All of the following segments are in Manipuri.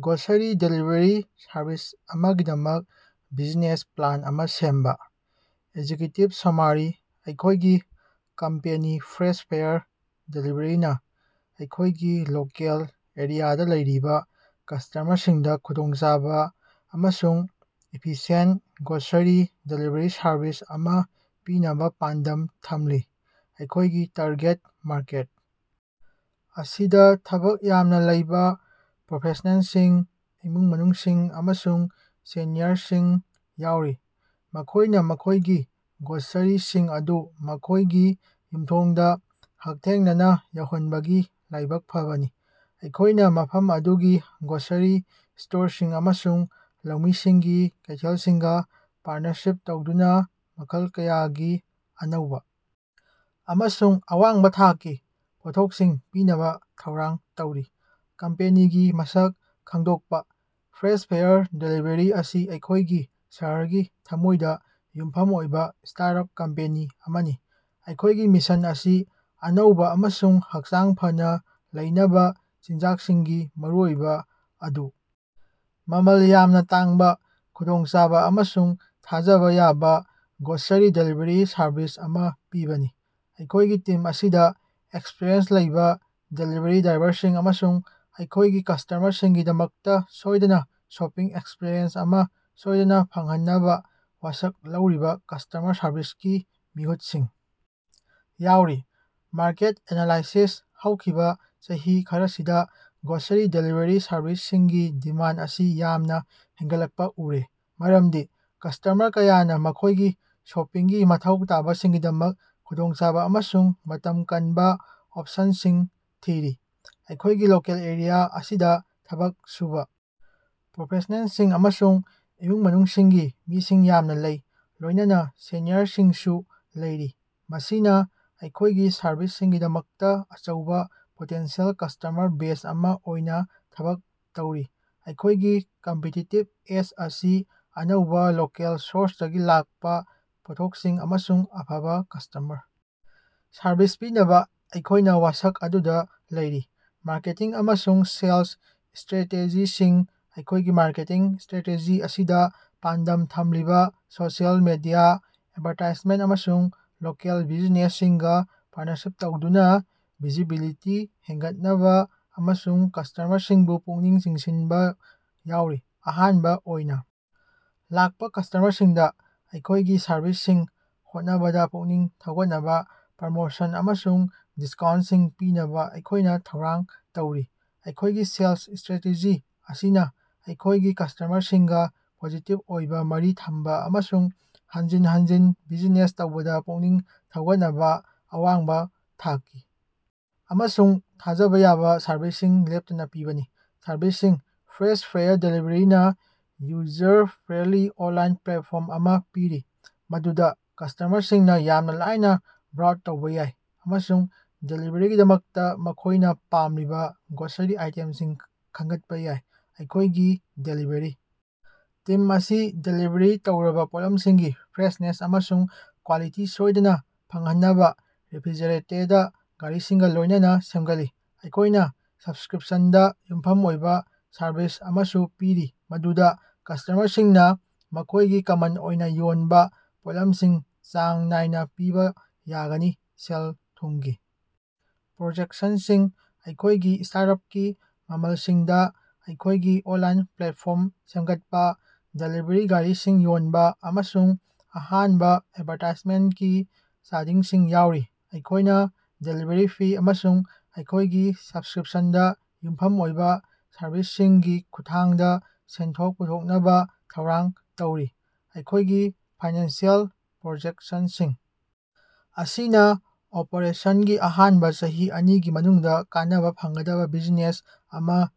ꯒ꯭ꯔꯣꯁꯔꯤ ꯗꯦꯂꯤꯚꯔꯤ ꯁꯔꯚꯤꯁ ꯑꯃꯒꯤꯗꯃꯛ ꯕꯤꯖꯅꯦꯁ ꯄ꯭ꯂꯥꯟ ꯑꯃꯥ ꯁꯦꯝꯕꯥ꯫ ꯑꯦꯛꯖꯤꯀ꯭ꯌꯨꯇꯤꯕ ꯁꯃꯥꯔꯤ: ꯑꯩꯈꯣꯏꯒꯤ ꯀꯝꯄꯦꯅꯤ ꯐ꯭ꯔꯦꯁ ꯐꯦꯌꯔ ꯗꯦꯂꯤꯕꯔꯤꯅꯥ ꯑꯩꯈꯣꯏꯒꯤ ꯂꯣꯀꯦꯜ ꯑꯦꯔꯤꯌꯥꯗꯥ ꯂꯩꯔꯤꯕꯥ ꯀꯁꯇꯃꯔꯁꯤꯡꯗꯥ ꯈꯨꯗꯣꯡꯆꯥꯕꯥ ꯑꯃꯁꯨꯡ ꯏꯐꯤꯁꯤꯌꯦꯟꯇ ꯒ꯭ꯔꯣꯁꯔꯤ ꯗꯦꯂꯤꯕꯔꯤ ꯁꯔꯕꯤꯁ ꯑꯃꯥ ꯄꯤꯅꯕꯥ ꯄꯥꯟꯗꯝ ꯊꯝꯂꯤ꯫ ꯑꯩꯈꯣꯏꯒꯤ ꯇꯥꯔꯒꯦꯠ ꯃꯥꯔꯀꯦꯠ ꯑꯁꯤꯗꯥ ꯊꯕꯛ ꯌꯥꯝꯅꯥ ꯂꯩꯕꯥ ꯄ꯭ꯔꯣꯐꯦꯁꯅꯦꯜꯁꯤꯡ, ꯏꯃꯨꯡ ꯃꯅꯨꯡꯁꯤꯡ, ꯑꯃꯁꯨꯡ ꯁꯦꯅꯤꯌꯔꯁꯤꯡ ꯌꯥꯎꯔꯤ, ꯃꯈꯣꯏꯅꯥ ꯃꯈꯣꯏꯒꯤ ꯒ꯭ꯔꯣꯁꯔꯤꯁꯤꯡ ꯑꯗꯨ ꯃꯈꯣꯏꯒꯤ ꯌꯨꯝꯊꯣꯡꯗꯥ ꯍꯛꯊꯦꯡꯅꯅꯥ ꯌꯧꯍꯟꯕꯒꯤ ꯂꯥꯏꯕꯛ ꯐꯕꯅꯤ꯫ ꯑꯩꯈꯣꯏꯅꯥ ꯃꯐꯝ ꯑꯗꯨꯒꯤ ꯒ꯭ꯔꯣꯁꯔꯤ ꯁ꯭ꯇꯣꯔꯁꯤꯡ ꯑꯃꯁꯨꯡ ꯂꯧꯃꯤꯁꯤꯡꯒꯤ ꯀꯩꯊꯦꯜꯁꯤꯡꯒꯥ ꯄꯥꯔꯠꯅꯔꯁꯤꯞ ꯇꯧꯗꯨꯅꯥ ꯃꯈꯜ ꯀꯌꯥꯒꯤ ꯑꯅꯧꯕꯥ ꯑꯃꯁꯨꯡ ꯑꯋꯥꯡꯕꯥ ꯊꯥꯛꯀꯤ ꯄꯣꯠꯊꯣꯛꯁꯤꯡ ꯄꯤꯅꯕꯥ ꯊꯧꯔꯥꯡ ꯇꯧꯔꯤ꯫ ꯀꯝꯄꯦꯅꯤꯒꯤ ꯃꯁꯛ ꯈꯪꯗꯣꯛꯄꯥ: ꯐ꯭ꯔꯦꯁ ꯐꯦꯌꯔ ꯗꯦꯂꯤꯕꯔꯤ ꯑꯁꯤ ꯑꯩꯈꯣꯏꯒꯤ ꯁꯍꯔꯒꯤ ꯊꯃꯣꯏꯗꯥ ꯌꯨꯝꯐꯝ ꯑꯣꯏꯕꯥ ꯁ꯭ꯇꯥꯔꯠꯑꯞ ꯀꯝꯄꯦꯅꯤ ꯑꯃꯅꯤ꯫ ꯑꯩꯈꯣꯏꯒꯤ ꯃꯤꯁꯟ ꯑꯁꯤ ꯑꯅꯧꯕꯥ ꯑꯃꯁꯨꯡ ꯍꯛꯆꯥꯡ ꯐꯅꯥ ꯂꯩꯅꯕꯥ ꯆꯤꯟꯖꯥꯛꯁꯤꯡꯒꯤ ꯃꯔꯨꯑꯣꯏꯕꯥ ꯑꯗꯨ ꯃꯃꯜ ꯌꯥꯝꯅꯥ ꯇꯥꯡꯕꯥ ꯈꯨꯗꯣꯡꯆꯥꯕꯥ ꯑꯃꯁꯨꯡ ꯊꯥꯖꯕꯥ ꯌꯥꯕꯥ ꯒ꯭ꯔꯣꯁꯔꯤ ꯗꯦꯂꯤꯕꯔꯤ ꯁꯔꯚꯤꯁ ꯑꯃꯥ ꯄꯤꯕꯅꯤ꯫ ꯑꯩꯈꯣꯏꯒꯤ ꯇꯤꯝ ꯑꯁꯤꯗꯥ ꯑꯦꯛꯁꯄꯔꯤꯌꯦꯟꯁ ꯂꯩꯕꯥ ꯗꯦꯂꯤꯕꯔꯤ ꯗ꯭ꯔꯥꯏꯚꯔꯁꯤꯡ ꯑꯃꯁꯨꯡ ꯑꯩꯈꯣꯏꯒꯤ ꯀꯁꯇꯃꯔꯁꯤꯡꯒꯤꯗꯃꯛꯇꯥ ꯁꯣꯏꯗꯅꯥ ꯁꯣꯄꯤꯡ ꯑꯦꯛꯁꯄꯤꯔꯤꯑꯦꯟꯁ ꯑꯃꯥ ꯁꯣꯏꯗꯅꯥ ꯐꯪꯍꯟꯅꯕꯥ ꯋꯥꯁꯛ ꯂꯧꯔꯤꯕꯥ ꯀꯁꯇꯃꯔ ꯁꯔꯕꯤꯁꯀꯤ ꯃꯤꯍꯨꯠꯁꯤꯡ ꯌꯥꯎꯔꯤ꯫ ꯃꯥꯔꯀꯦꯠ ꯑꯦꯅꯥꯂꯥꯏꯁꯤꯁ: ꯍꯧꯈꯤꯕꯥ ꯆꯍꯤ ꯈꯔꯁꯤꯗꯥ ꯒ꯭ꯔꯣꯁꯔꯤ ꯗꯦꯂꯤꯕꯔꯤ ꯁꯔꯚꯤꯁꯁꯤꯡꯒꯤ ꯗꯤꯃꯥꯟ ꯑꯁꯤ ꯌꯥꯝꯅꯥ ꯍꯦꯟꯒꯠꯂꯛꯄꯥ ꯎꯔꯦ ꯃꯔꯝꯗꯤ ꯀꯁꯇꯃꯔ ꯀꯌꯥꯅꯥ ꯃꯈꯣꯏꯒꯤ ꯁꯣꯄꯤꯡꯒꯤ ꯃꯊꯧ ꯇꯥꯕꯁꯤꯡꯒꯤꯗꯃꯛ ꯈꯨꯗꯣꯡꯆꯥꯕꯥ ꯑꯃꯁꯨꯡ ꯃꯇꯝ ꯀꯟꯕ ꯑꯣꯞꯁꯟꯁꯤꯡ ꯊꯤꯔꯤ꯫ ꯑꯩꯈꯣꯏꯒꯤ ꯂꯣꯀꯦꯜ ꯑꯦꯔꯤꯌꯥ ꯑꯁꯤꯗꯥ ꯊꯕꯛ ꯁꯨꯕꯥ ꯄ꯭ꯔꯣꯐꯦꯁꯅꯦꯜꯁꯤꯡ ꯑꯃꯁꯨꯡ ꯏꯃꯨꯡ ꯃꯅꯨꯡꯁꯤꯡꯒꯤ ꯃꯤꯁꯤꯡ ꯌꯥꯝꯅꯥ ꯂꯩ, ꯂꯣꯏꯅꯅꯥ ꯁꯦꯅꯤꯌꯔꯁꯤꯡꯁꯨ ꯂꯩꯔꯤ, ꯃꯁꯤꯅꯥ ꯑꯩꯈꯣꯏꯒꯤ ꯁꯔꯕꯤꯁꯁꯤꯡꯒꯤꯗꯃꯛꯇꯥ ꯑꯆꯧꯕꯥ ꯄꯣꯇꯦꯟꯁꯤꯌꯦꯜ ꯀꯁꯇꯃꯔ ꯕꯦꯖ ꯑꯃꯥ ꯑꯣꯏꯅꯥ ꯊꯕꯛ ꯇꯧꯔꯤ꯫ ꯑꯩꯈꯣꯏꯒꯤ ꯀꯝꯄꯤꯇꯤꯇꯤꯕ ꯑꯦꯖ ꯑꯁꯤ ꯑꯅꯧꯕꯥ, ꯂꯣꯀꯦꯜ ꯁꯣꯔꯁꯇꯒꯤ ꯂꯥꯛꯄꯥ ꯄꯣꯠꯊꯣꯛꯁꯤꯡ ꯑꯃꯁꯨꯡ ꯑꯐꯕꯥ ꯀꯁꯇꯃꯔ ꯁꯔꯕꯤꯁ ꯄꯤꯅꯕꯥ ꯑꯩꯈꯣꯏꯅꯥ ꯋꯥꯁꯛ ꯑꯗꯨꯗꯥ ꯂꯩꯔꯤ꯫ ꯃꯥꯔꯀꯦꯇꯤꯡ ꯑꯃꯁꯨꯡ ꯁꯦꯜꯁ ꯁꯇ꯭ꯔꯦꯇꯦꯖꯤꯁꯤꯡ: ꯑꯩꯈꯣꯏꯒꯤ ꯃꯥꯔꯀꯦꯇꯤꯡ ꯁꯇ꯭ꯔꯦꯇꯦꯖꯤ ꯑꯁꯤꯗꯥ ꯄꯥꯟꯗꯝ ꯊꯝꯂꯤꯕꯥ ꯁꯣꯁꯤꯑꯦꯜ ꯃꯦꯗꯤꯌꯥ ꯑꯦꯗꯚꯔꯇꯥꯏꯖꯃꯦꯟ ꯑꯃꯁꯨꯡ ꯂꯣꯀꯦꯜ ꯕꯤꯖꯤꯅꯦꯁꯁꯤꯡꯒꯥ ꯄꯥꯔꯠꯅꯔꯁꯤꯞ ꯇꯧꯗꯨꯅꯥ ꯚꯤꯖꯤꯕꯤꯂꯤꯇꯤ ꯍꯦꯟꯒꯠꯅꯕꯥ ꯑꯃꯁꯨꯡ ꯀꯁꯇꯃꯔꯁꯤꯡꯕꯨ ꯄꯨꯛꯅꯤꯡ ꯆꯤꯡꯁꯤꯟꯕꯥ ꯌꯥꯎꯔꯤ꯫ ꯑꯍꯥꯟꯕꯥ ꯑꯣꯏꯅꯥ ꯂꯥꯛꯄꯥ ꯀꯁꯇꯃꯔꯁꯤꯡꯗꯥ ꯑꯩꯈꯣꯏꯒꯤ ꯁꯔꯚꯤꯁꯁꯤꯡ ꯍꯣꯠꯅꯕꯗꯥ ꯄꯨꯛꯅꯤꯡ ꯊꯧꯒꯠꯅꯕꯥ ꯄ꯭ꯔꯃꯣꯁꯟ ꯑꯃꯁꯨꯡ ꯗꯤꯁꯀꯥꯎꯟꯠꯁꯤꯡ ꯄꯤꯅꯕꯥ ꯑꯩꯈꯣꯏꯅꯥ ꯊꯧꯔꯥꯡ ꯇꯧꯔꯤ꯫ ꯑꯩꯈꯣꯏꯒꯤ ꯁꯦꯜꯁ ꯁꯇ꯭ꯔꯦꯇꯦꯖꯤ ꯑꯁꯤꯅꯥ ꯑꯩꯈꯣꯏꯒꯤ ꯀꯁꯇꯃꯔꯁꯤꯡꯒꯥ ꯄꯣꯖꯤꯇꯤꯕ ꯑꯣꯏꯕꯥ ꯃꯔꯤ ꯊꯝꯕꯥ ꯑꯃꯁꯨꯡ ꯍꯟꯖꯤꯟ ꯍꯟꯖꯤꯟ ꯕꯤꯖꯤꯅꯦꯁ ꯇꯧꯕꯗꯥ ꯄꯨꯛꯅꯤꯡ ꯊꯧꯒꯠꯅꯕꯥ ꯑꯋꯥꯡꯕꯥ ꯊꯥꯛꯀꯤ ꯑꯃꯁꯨꯡ ꯊꯥꯖꯕꯥ ꯌꯥꯕꯥ ꯁꯔꯕꯤꯁꯁꯤꯡ ꯂꯦꯞꯇꯅꯥ ꯄꯤꯕꯅꯤ꯫ ꯁꯔꯚꯤꯁꯁꯤꯡ: ꯐ꯭ꯔꯦꯁ ꯐꯦꯌꯔ ꯗꯦꯂꯤꯕꯔꯤꯅꯥ ꯌꯨꯖꯔ ꯐ꯭ꯔꯦꯟꯗꯂꯤ ꯑꯣꯟꯂꯥꯏꯟ ꯄ꯭ꯂꯦꯠꯐꯣꯔꯝ ꯑꯃꯥ ꯄꯤꯔꯤ ꯃꯗꯨꯗꯥ ꯀꯁꯇꯃꯔꯁꯤꯡꯅꯥ ꯌꯥꯝꯅꯥ ꯂꯥꯏꯅꯥ ꯕ꯭ꯔꯥꯎꯠ ꯇꯧꯕꯥ ꯌꯥꯏ ꯑꯃꯁꯨꯡ ꯗꯦꯂꯤꯕꯔꯤꯒꯤꯗꯃꯛꯇꯥ ꯃꯈꯣꯏꯅꯥ ꯄꯥꯝꯂꯤꯕꯥ ꯒ꯭ꯔꯣꯁꯔꯤ ꯑꯥꯏꯇꯦꯝꯁꯤꯡ ꯈꯟꯒꯠꯄꯥ ꯌꯥꯏ꯫ ꯑꯩꯈꯣꯏꯒꯤ ꯗꯦꯂꯤꯕꯔꯤ ꯇꯤꯝ ꯑꯁꯤ ꯗꯦꯂꯤꯕꯔꯤ ꯇꯧꯔꯕꯥ ꯄꯣꯠꯂꯝꯁꯤꯡꯒꯤ ꯐ꯭ꯔꯦꯁꯅꯦꯁ ꯑꯃꯁꯨꯡ ꯀ꯭ꯋꯥꯂꯤꯇꯤ ꯁꯣꯏꯗꯅꯥ ꯐꯪꯍꯟꯅꯕꯥ ꯔꯦꯐ꯭ꯔꯤꯖꯔꯦꯇꯦꯗ ꯒꯥꯔꯤꯁꯤꯡꯒꯥ ꯂꯣꯏꯅꯅꯥ ꯁꯦꯝꯒꯠꯂꯤ꯫ ꯑꯩꯈꯣꯏꯅꯥ ꯁꯕꯁꯀ꯭ꯔꯤꯞꯁꯟꯗꯥ ꯌꯨꯝꯐꯝ ꯑꯣꯏꯕꯥ ꯁꯔꯚꯤꯁ ꯑꯃꯁꯨ ꯄꯤꯔꯤ ꯃꯗꯨꯗꯥ ꯀꯁꯇꯃꯔꯁꯤꯡꯅꯥ ꯃꯈꯣꯏꯒꯤ ꯀꯃꯟ ꯑꯣꯏꯅꯥ ꯌꯣꯟꯕꯥ ꯄꯣꯠꯂꯝꯁꯤꯡ ꯆꯥꯡ ꯅꯥꯏꯅꯥ ꯄꯤꯕꯥ ꯌꯥꯒꯅꯤ꯫ ꯁꯦꯜ-ꯊꯨꯝꯒꯤ ꯄ꯭ꯔꯣꯖꯦꯛꯁꯟꯁꯤꯡ: ꯑꯩꯈꯣꯏꯒꯤ ꯁ꯭ꯇꯥꯔꯠꯑꯞꯀꯤ ꯃꯃꯜꯁꯤꯡꯗꯥ ꯑꯩꯈꯣꯏꯒꯤ ꯑꯣꯟꯂꯥꯏꯟ ꯄ꯭ꯂꯦꯠꯐꯣꯔꯝ ꯁꯦꯝꯒꯠꯄꯥ, ꯗꯦꯂꯤꯕꯔꯤ ꯒꯥꯔꯤꯁꯤꯡ ꯌꯣꯟꯕꯥ, ꯑꯃꯁꯨꯡ ꯑꯍꯥꯟꯕꯥ ꯑꯦꯗꯚꯔꯇꯥꯏꯖꯃꯦꯟꯀꯤ ꯆꯥꯗꯤꯡꯁꯤꯡ ꯌꯥꯎꯔꯤ꯫ ꯑꯩꯈꯣꯏꯅꯥ ꯗꯦꯂꯤꯕꯔꯤ ꯐꯤ ꯑꯃꯁꯨꯡ ꯑꯩꯈꯣꯏꯒꯤ ꯁꯕꯁꯀ꯭ꯔꯤꯞꯁꯟꯗꯥ ꯌꯨꯝꯐꯝ ꯑꯣꯏꯕꯥ ꯁꯔꯕꯤꯁꯁꯤꯡꯒꯤ ꯈꯨꯠꯊꯥꯡꯗꯥ ꯁꯦꯟꯊꯣꯛ ꯄꯨꯊꯣꯛꯅꯕꯥ ꯊꯧꯔꯥꯡ ꯇꯧꯔꯤ꯫ ꯑꯩꯈꯣꯏꯒꯤ ꯐꯥꯏꯅꯥꯟꯁꯤꯑꯦꯜ ꯄ꯭ꯔꯣꯖꯦꯛꯁꯟꯁꯤꯡ ꯑꯁꯤꯅꯥ ꯑꯣꯄꯔꯦꯁꯟꯒꯤ ꯑꯍꯥꯟꯕꯥ ꯆꯍꯤ ꯑꯅꯤꯒꯤ ꯃꯅꯨꯡꯗꯥ ꯀꯥꯟꯅꯕꯥ ꯐꯪꯒꯗꯕꯥ ꯕꯤꯖꯤꯅꯦꯁ ꯑꯃꯥ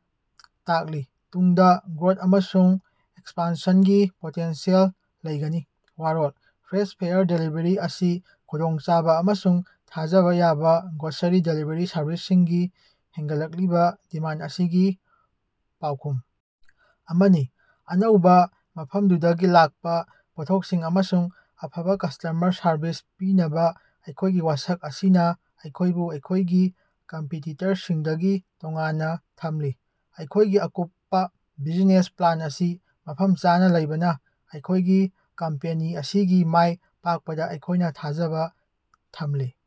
ꯇꯥꯛꯂꯤ, ꯇꯨꯡꯗꯥ ꯒ꯭ꯔꯣꯊ ꯑꯃꯁꯨꯡ ꯑꯦꯛꯁꯄꯥꯟꯁꯟꯒꯤ ꯄꯣꯇꯦꯟꯁꯤꯌꯦꯜ ꯂꯩꯒꯅꯤ꯫ ꯋꯥꯔꯣꯜ: ꯐ꯭ꯔꯦꯁ ꯐꯦꯌꯔ ꯗꯦꯂꯤꯕꯔꯤ ꯑꯁꯤ ꯈꯨꯗꯣꯡꯆꯥꯕꯥ ꯑꯃꯁꯨꯡ ꯊꯥꯖꯕꯥ ꯌꯥꯕꯥ ꯒ꯭ꯔꯣꯁꯔꯤ ꯗꯦꯂꯤꯕꯔꯤ ꯁꯔꯚꯤꯁꯁꯤꯡꯒꯤ ꯍꯦꯟꯒꯠꯂꯛꯂꯤꯕꯥ ꯗꯤꯃꯥꯟ ꯑꯁꯤꯒꯤ ꯄꯥꯎꯈꯨꯝ ꯑꯃꯅꯤ꯫ ꯑꯅꯧꯕꯥ, ꯃꯐꯝꯗꯨꯗꯒꯤ ꯂꯥꯛꯄꯥ ꯄꯣꯠꯊꯣꯛꯁꯤꯡ ꯑꯃꯁꯨꯡ ꯑꯐꯕꯥ ꯀꯁꯇꯃꯔ ꯁꯔꯕꯤꯁ ꯄꯤꯅꯕꯥ ꯑꯩꯈꯣꯏꯒꯤ ꯋꯥꯁꯛ ꯑꯁꯤꯅꯥ ꯑꯩꯈꯣꯏꯕꯨ ꯑꯩꯈꯣꯏꯒꯤ ꯀꯝꯄꯤꯇꯤꯇꯔꯁꯤꯡꯗꯒꯤ ꯇꯣꯉꯥꯟꯅꯥ ꯊꯝꯂꯤ꯫ ꯑꯩꯈꯣꯏꯒꯤ ꯑꯀꯨꯞꯄꯥ ꯕꯤꯖꯤꯅꯦꯁ ꯄ꯭ꯂꯥꯟ ꯑꯁꯤ ꯃꯐꯝ ꯆꯥꯅꯥ ꯂꯩꯕꯅꯥ ꯑꯩꯈꯣꯏꯒꯤ ꯀꯝꯄꯦꯅꯤ ꯑꯁꯤꯒꯤ ꯃꯥꯏ ꯄꯥꯛꯄꯗꯥ ꯑꯩꯈꯣꯏꯅꯥ ꯊꯥꯖꯕꯥ ꯊꯝꯂꯤ꯫